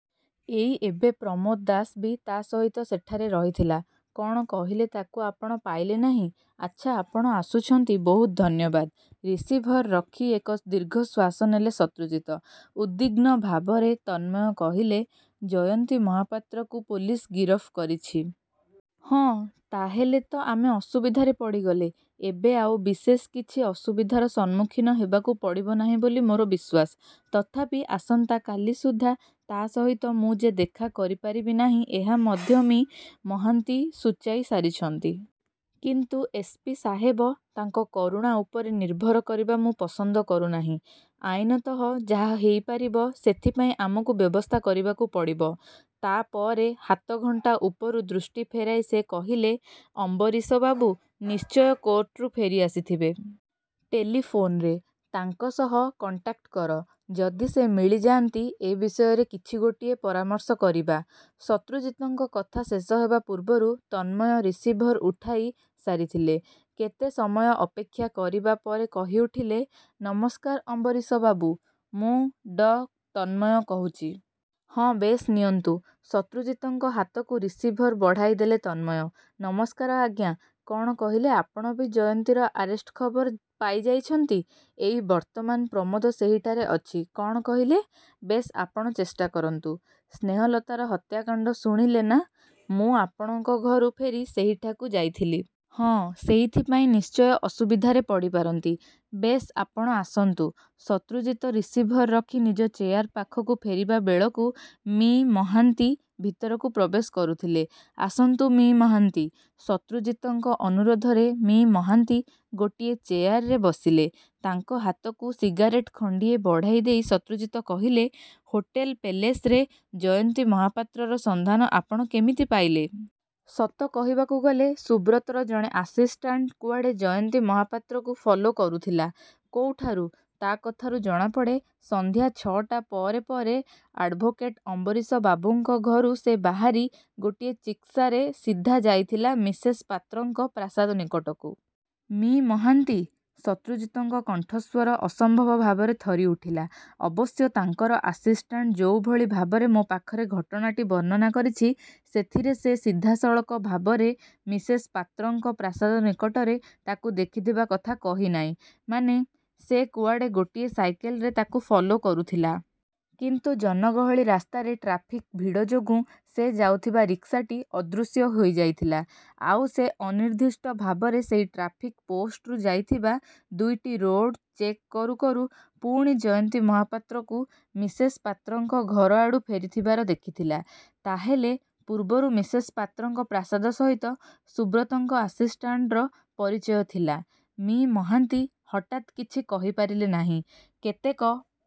ଏଇ ଏବେ, ପ୍ରମୋଦ ଦାସ ବି ତା'ସହିତ ସେଠାରେ ରହିଥିଲା କଣ କହିଲେ ତାକୁ ଆପଣ ପାଇଲେ ନାହିଁ। ଆଚ୍ଛା ଆପଣ ଆସୁଛନ୍ତି ବହୁତ ଧନ୍ୟବାଦ। ' ରିସିଭର ରଖି ଏକ ଦୀର୍ଘ ଶ୍ୱାସ ନେଲେ ଶତ୍ରୁଜିତ। ଉଦ୍ବିଗ୍ନ ଭାବରେ ତନ୍ମୟ କହିଲେ, 'ଜୟନ୍ତୀ ମହାପାତ୍ରକୁ ପୋଲିସ ଗିରଫ କରିଛି? 'ହଁ' 'ତା'ହେଲେ ତ ଆମେ ଅସୁବିଧାରେ ପଡ଼ିଗଲେ' 'ଏବେ ଆଉ ବିଶେଷ କିଛି ଅସୁବିଧାର ସମ୍ମୁଖୀନ ହେବାକୁ ପଡ଼ିବ ନାହିଁ ବୋଲି ମୋର ବିଶ୍ୱାସ। ତଥାପି ଆସନ୍ତା କାଲି ସୁଦ୍ଧା ତା'ସହିତ ମୁଁ ଯେ ଦେଖା କରିପାରିବି ନାହିଁ ଏହା ମଧ୍ୟ ମି: ମହାନ୍ତି ସୂଚାଇ ସାରିଛନ୍ତି। ' 'କିନ୍ତୁ ଏସ. ପି. ସାହେବ' 'ତାଙ୍କ କରୁଣା ଉପରେ ନିର୍ଭର କରିବା ମୁଁ ପସନ୍ଦ କରୁନାହିଁ। ଆଇନତଃ ଯାହା ହେଇପାରିବ, ସେଥିପାଇଁ ଆମକୁ ବ୍ୟବସ୍ଥା କରିବାକୁ ପଡ଼ିବ। ' ତା'ପରେ ହାତଘଣ୍ଟା ଉପରୁ ଦୃଷ୍ଟି ଫେରାଇ ସେ କହିଲେ, 'ଅମ୍ୱରୀଶବାବୁ ନିଶ୍ଚୟ କୋର୍ଟରୁ ଫେରିଆସିଥିବେ। ଟେଲିଫୋନରେ। ତାଙ୍କ ସହ କଣ୍ଟାକ୍ଟ କର। ଯଦି ସେ ମିଳିଯାଆନ୍ତି ଏ ବିଷୟରେ କିଛି ଗୋଟିଏ ପରାମର୍ଶ କରିବା। ' ଶତ୍ରୁଜିତଙ୍କ କଥା ଶେଷ ହେବା ପୂର୍ବରୁ ତନ୍ମୟ ରିସିଭର ଉଠାଇ ସାରିଥିଲେ। କେତେ ସମୟ ଅପେକ୍ଷା କରିବା ପରେ କହିଉଠିଲେ, 'ନମସ୍କାର ଅମ୍ୱରୀଶବାବୁ, ମୁଁ ଡ: ତନ୍ମୟ କହୁଛି। ହଁ ବେଶ୍, ନିଅନ୍ତୁ। ' ଶତ୍ରୁଜିତଙ୍କ ହାତକୁ ରିସିଭର ବଢ଼ାଇଦେଲେ ତନ୍ମୟ। 'ନମସ୍କାର ଆଜ୍ଞା, କଣ କହିଲେ ଆପଣ ବି ଜୟନ୍ତୀର ଆରେଷ୍ଟ ଖବର ପାଇଯାଇଛନ୍ତି-। ଏଇ ବର୍ତ୍ତମାନ ପ୍ରମୋଦ ସେହିଠାରେ ଅଛି କଣ କହିଲେ-ବେଶ୍, ଆପଣ ଚେଷ୍ଟାକରନ୍ତୁ-। ସ୍ନେହଲତାର ହତ୍ୟାକାଣ୍ତ ଶୁଣିଲେ, ନା-ମୁଁ ଆପଣଙ୍କ ଘରୁ ଫେରି ସେହିଠାକୁ ଯାଇଥିଲି। ହଁ, ସେଇଥିପାଇଁ ନିଶ୍ଚୟ ଅସୁବିଧାରେ ପଡ଼ିପାରନ୍ତି। ବେଶ୍, ଆପଣ ଆସନ୍ତୁ। ' ଶତ୍ରୁଜିତ ରିସିଭର ରଖି ନିଜ ଚେୟାର ପାଖକୁ ଫେରିବାବେଳକୁ ମି: ମହାନ୍ତି ଭିତରକୁ ପ୍ରବେଶ କରୁଥିଲେ। 'ଆସନ୍ତୁ, ମି: ମହାନ୍ତି! ' ଶତ୍ରୁଜିତଙ୍କ ଅନୁରୋଧରେ ମି: ମହାନ୍ତି ଗୋଟିଏ ଚେୟାରରେ ବସିଲେ। ତାଙ୍କ ହାତକୁ ସିଗାରେଟ୍ ଖଣ୍ତିଏ ବଢାଇ ଦେଇ ଶତ୍ରୁଜିତ କହିଲେ, 'ହୋଟେଲ ପେଲେସରେ ଜୟନ୍ତୀ ମହାପାତ୍ରର ସନ୍ଧାନ ଆପଣ କେମିତି ପାଇଲେ? 'ସତ କହିବାକୁ ଗଲେ ସୁବ୍ରତର ଜଣେ ଆସିଷ୍ଟାଣ୍ଟ କୁଆଡ଼େ ଜୟନ୍ତୀ ମହାପାତ୍ରକୁ ଫଲୋ କରୁଥିଲା। ' 'କୋଉଠାରୁ? ' 'ତା କଥାରୁ ଜଣାପଡ଼େ, ସଂଧ୍ୟା ଛ'ଟା ପରେ ପରେ ଆଡ଼୍ଭୋକେଟ ଅମ୍ବରୀଶବାବୁଙ୍କ ଘରୁ ସେ ବାହାରି ଗୋଟିଏ ଚିକ୍ସାରେ ସିଧା ଯାଇଥିଲା ମିସେସ ପାତ୍ରଙ୍କ ପ୍ରାସାଦ ନିକଟକୁ। ' ମିଃ: ମହାନ୍ତି! ' ଶତ୍ରୁଜିତଙ୍କ କଣ୍ଠସ୍ୱର ଅସମ୍ଭବ ଭାବରେ ଥରିଉଠିଲା। 'ଅବଶ୍ୟ ତାଙ୍କର ଆସିଷ୍ଟାଣ୍ଟ ଯୋଉଭଳି ଭାବରେ ମୋ ପାଖରେ ଘଟଣାଟି ବର୍ଣ୍ଣନା କରିଛି ସେଥିରେ ସେ ସିଧାସଳଖ ଭାବରେ ମିସେସ୍ ପାତ୍ରଙ୍କ ପ୍ରାସାଦ ନିକଟରେ ତାକୁ ଦେଖିଥିବା କଥା କହିନାହିଁ' 'ମାନେ? ' 'ସେ କୁଆଡ଼େ ଗୋଟିଏ ସାଇକେଲରେ ତାକୁ ଫଲୋ କରୁଥିଲା। କିନ୍ତୁ ଜନଗହଳି ରାସ୍ତାରେ ଟ୍ରାଫିକ୍ର ଭିଡ଼ ଯୋଗୁଁ ସେ ଯାଉଥିବା ରିକ୍ସାଟି ଅଦୃଶ୍ୟ ହେଇଯାଇଥିଲା। ଆଉ ସେ ଅନିର୍ଦ୍ଦିଷ୍ଟ ଭାବରେ ସେଇ ଟ୍ରାଫିକ୍ ପୋଷ୍ଟରୁ ଯାଇଥିବା ଦୁଇଟି ରୋଡ଼ ଚେକ୍ କରୁ କରୁ ପୁଣି ଜୟନ୍ତୀ ମହାପାତ୍ରକୁ ମିସେସ୍ ପାତ୍ରଙ୍କ ଘରଆଡ଼ୁ ଫେରିଥିବାର ଦେଖିଥିଲା। ' 'ତା' ହେଲେ ପୂର୍ବରୁ ମିସେସ ପାତ୍ରଙ୍କ ପ୍ରାସାଦ ସହିତ ସୁବ୍ରତଙ୍କ ଆସିଷ୍ଟାଣ୍ଟର ପରିଚୟ ଥିଲା? ' 'ମି: ମହାନ୍ତି ହଠାତ୍ କିଛି କହିପାରିଲେ ନାହିଁ। କେତେକ